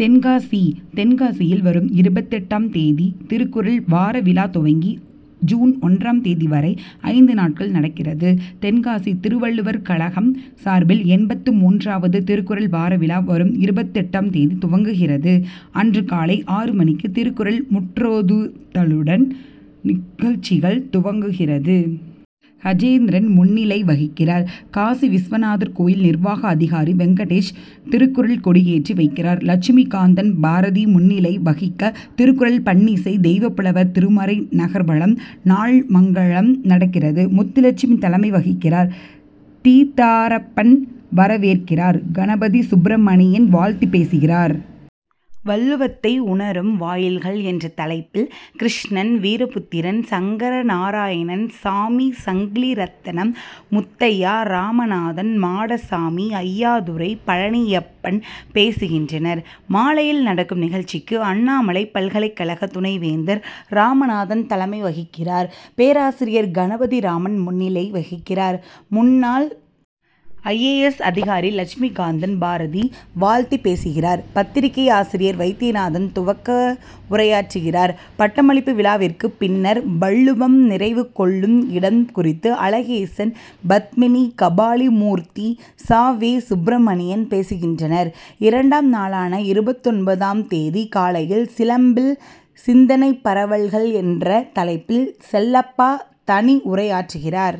தென்காசி தென்காசியில் வரும் இருபத்தெட்டு ஆம் தேதி திருக்குறள் வார விழா துவங்கி ஜூன் ஒன்றாம் தேதி வரை ஐந்து நாட்கள் நடக்கிறது. தென்காசி திருவள்ளுவர் கழகம் சார்பில் எண்பத்து மூன்றாவது திருக்குறள் வார விழா வரும் இருபத்தெட்டு ஆம் தேதி துவங்குகிறது. அன்று காலை ஆறு மணிக்கு திருக்குறள் முற்றோதுதலுடன் நிகழ்ச்சிகள் துவங்குகிறது. கசேந்திரன் முன்னிலை வகிக்கிறார். காசிவிசுநாதர் கோயில் நிர்வாக அதிகாரி வெங்கடேஷ் திருக்குறள் கொடியேற்றி வைக்கிறார். லட்சுமி காந்தன் பாரதி முன்னிலை வகிக்க திருக்குறள் பண்ணிசை, தெய்வப்புலவர் திருமறை நகர்வலம், நாள் மங்கலம் நடக்கிறது. முத்துலட்சுமி தலைமை வகிக்கிறார். தீத்தாரப்பன் வரவேற்கிறார். கணபதி சுப்பிரமணியன் வாழ்த்தி பேசுகிறார். வள்ளுவத்தை உணரும் வாயில்கள் என்ற தலைப்பில் கிருஷ்ணன், வீரபுத்திரன், சங்கரநாராயணன், சாமி, சங்கிலிரத்னம், முத்தையா, ராமநாதன், மாடசாமி, ஐயாத்துரை, பழநியப்பன் பேசுகின்றனர். மாலையில் நடக்கும் நிகழ்ச்சிக்கு அண்ணாமலை பல்கலைக்கழக துணை வேந்தர் ராமநாதன் தலைமை வகிக்கிறார். பேராசிரியர் கணபதிராமன் முன்னிலை வகிக்கிறார். முன்னாள் ஐ.ஏ.எஸ். அதிகாரி லட்சுமிகாந்தன் பாரதி வாழ்த்தி பேசுகிறார். பத்திரிகை ஆசிரியர் வைத்தியநாதன் துவக்க உரையாற்றுகிறார். பட்டமளிப்பு விழாவிற்கு பின்னர் வள்ளுவம் நிறைவு கொள்ளும் இடம் குறித்து அழகேசன், பத்மினி கபாலிமூர்த்தி ச. வே. சுப்பிரமணியன் பேசுகின்றனர். இரண்டாம் நாளான இருபத்தொன்பது ஆம் தேதி காலையில் சிலம்பில் சிந்தனைப்பரவல்கள் என்ற தலைப்பில் செல்லப்பா தனி உரையாற்றுகிறார்.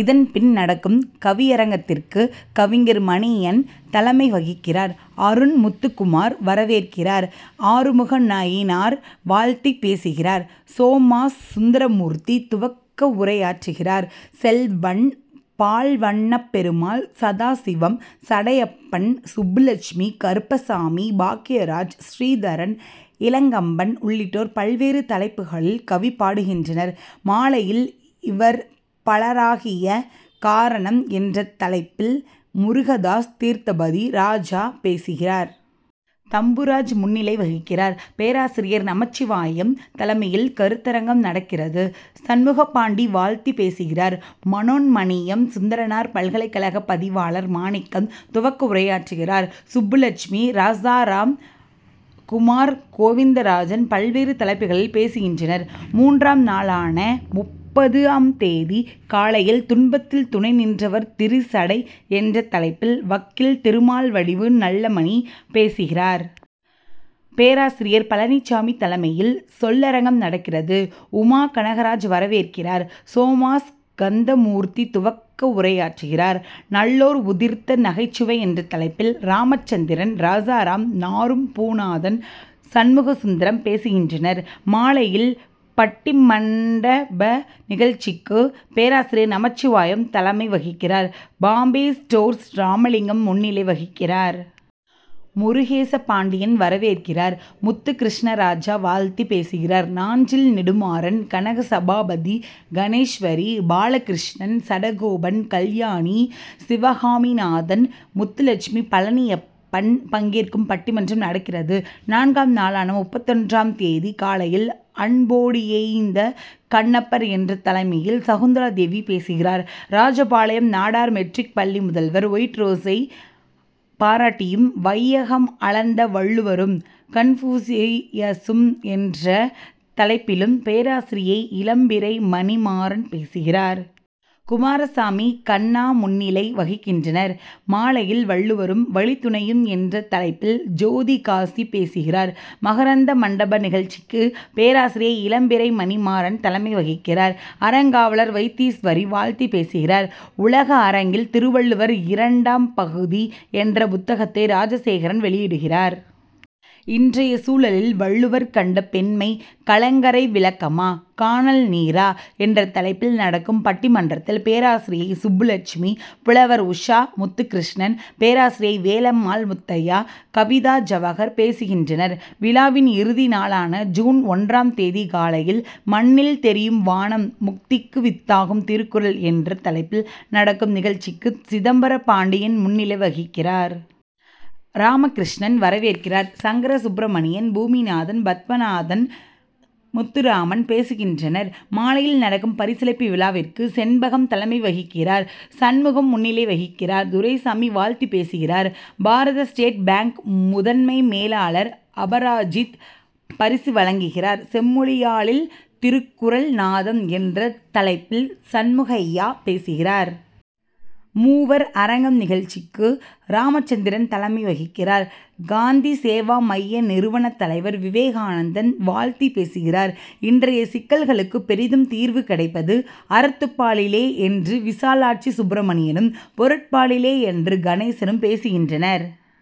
இதன் பின் நடக்கும் கவிரயங்கத்திற்கு கவிஞர் மணியன் தலைமை வகிக்கிறார். அருண் முத்துக்குமார் வரவேற்கிறார். ஆறுமுகநயினார் வாழ்த்தி பேசுகிறார். சோமாஸ் சுந்தரமூர்த்தி துவக்க உரையாற்றுகிறார். செல்வன், பால்வண்ணப்பெருமாள், சதாசிவம், சடையப்பன், சுப்புலட்சுமி, கருப்பசாமி, பாக்கியராஜ், ஸ்ரீதரன், இளங்கம்பன் உள்ளிட்டோர் பல்வேறு தலைப்புகளில் கவி பாடுகின்றனர். மாலையில் இலர் பலராகிய காரணம் என்ற தலைப்பில் முருகதாஸ் தீர்த்தபதி ராஜா பேசுகிறார். தம்புராஜ் முன்னிலை வகிக்கிறார். பேராசிரியர் நமச்சிவாயம் தலைமையில் கருத்தரங்கம் நடக்கிறது. சண்முகப்பாண்டி வாழ்த்தி பேசுகிறார். மனோன்மணியம் சுந்தரனார் பல்கலைக்கழக பதிவாளர் மாணிக்கம் துவக்க உரையாற்றுகிறார். சுப்புலட்சுமி, ராசாராம், குமார், கோவிந்தராசன் பல்வேறு தலைப்புகளில் பேசுகின்றனர். மூன்றாம் நாளான முப்பது ஆம் தேதி காலையில் துன்பத்தில் துணை நின்றவர் திரிசடை என்ற தலைப்பில் வக்கீல் திருமால்வடிவு நல்லமணி பேசுகிறார். பேராசிரியர் பழநிசாமி தலைமையில் சொல்லரங்கம் நடக்கிறது. உமா கனகராஜ் வரவேற்கிறார். சோமாஸ்கந்த மூர்த்தி துவக்க உரையாற்றுகிறார். நல்லோர் உதிர்த்த நகைச்சுவை என்ற தலைப்பில் ராமச்சந்திரன், ராசாராம், நாறும் பூநாதன், சண்முகசுந்தரம் பேசுகின்றனர். மாலையில் பட்டிமண்டப நிகழ்ச்சிக்கு பேராசிரியர் நமச்சிவாயம் தலைமை வகிக்கிறார். பாம்பே ஸ்டோர்ஸ் ராமலிங்கம் முன்னிலை வகிக்கிறார். முருகேசபாண்டியன் வரவேற்கிறார். முத்துகிருஷ்ணராஜா வாழ்த்தி பேசுகிறார். நாஞ்சில் நெடுமாறன், கனகசபாபதி, கணேஷ்வரி, பாலகிருஷ்ணன், சடகோபன், கல்யாணி சிவகாமிநாதன், முத்துலட்சுமி, பழநியப்பன் பங்கேற்கும் பட்டிமன்றம் நடக்கிறது. நான்காம் நாளான முப்பத்தொன்று ஆம் தேதி காலையில் அன்போடியைந்த கண்ணப்பர் என்ற தலைமையில் சகுந்தலா தேவி பேசுகிறார். ராஜபாளையம் நாடார் மெட்ரிக் பள்ளி முதல்வர் ஒயிட்ரோசை பாராட்டியும், வையகம் அளந்த வள்ளுவரும், கன்பூசியசும் என்ற தலைப்பிலும் பேராசிரியை இளம்பிறை மணிமாறன் பேசுகிறார். குமாரசாமி, கண்ணா முன்னிலை வகிக்கின்றனர். மாலையில் வள்ளுவரும், வழித்துணையும் என்ற தலைப்பில் ஜோதிகாசி பேசுகிறார். மகரந்த மண்டப நிகழ்ச்சிக்கு பேராசிரியை இளம்பிறை மணிமாறன் தலைமை வகிக்கிறார். அறங்காவலர் வைத்தீஸ்வரி வாழ்த்தி பேசுகிறார். உலக அரங்கில் திருவள்ளுவர் இரண்டு ம் பகுதி என்ற புத்தகத்தை ராஜசேகரன் வெளியிடுகிறார். இன்றைய சூழலில் வள்ளுவர் கண்ட பெண்மை கலங்கரை விளக்கமா? கானல் நீரா? என்ற தலைப்பில் நடக்கும் பட்டி மன்றத்தில் பேராசிரியை சுப்புலட்சுமி, புலவர் உஷா முத்துகிருஷ்ணன், பேராசிரியை வேலம்மாள் முத்தையா, கவிதா ஜவஹர் பேசுகின்றனர். விழாவின் இறுதி நாளான ஜூன் ஒன்றாம் தேதி காலையில் மண்ணில் தெரியும் வானம் முக்திக்கு வித்தாகும் திருக்குறள் என்ற தலைப்பில் நடக்கும் நிகழ்ச்சிக்கு சிதம்பர பாண்டியன் முன்னிலை வகிக்கிறார். ராமகிருஷ்ணன் வரவேற்கிறார். சங்கரசுப்பிரமணின், பூமிநாதன், பத்மானந்தன், முத்துராமன் பேசுகின்றனர். மாலையில் நடக்கும் பரிசளிப்பு விழாவிற்கு செண்பகம் தலைமை வகிக்கிறார். சண்முகம் முன்னிலை வகிக்கிறார். துரைசாமி வாழ்த்தி பேசுகிறார். பாரத ஸ்டேட் பாங்க் முதன்மை மேலாளர் அபராஜித் பரிசு வழங்குகிறார். செம்மொழியாழில் திருக்குறள் நாதம் என்ற தலைப்பில் சண்முகையா பேசுகிறார். மூவர் அரங்கம் நிகழ்ச்சிக்கு ராமச்சந்திரன் தலைமை வகிக்கிறார். காந்தி சேவா மைய நிறுவன தலைவர் விவேகானந்தன் வாழ்த்தி பேசுகிறார். இன்றைய சிக்கல்களுக்கு பெரிதும் தீர்வு கிடைப்பது அறத்துப்பாலிலே என்று விசாலாட்சி சுப்பிரமணியனும், பொருட்பாலிலே என்று கணேசனும் பேசுகின்றனர்.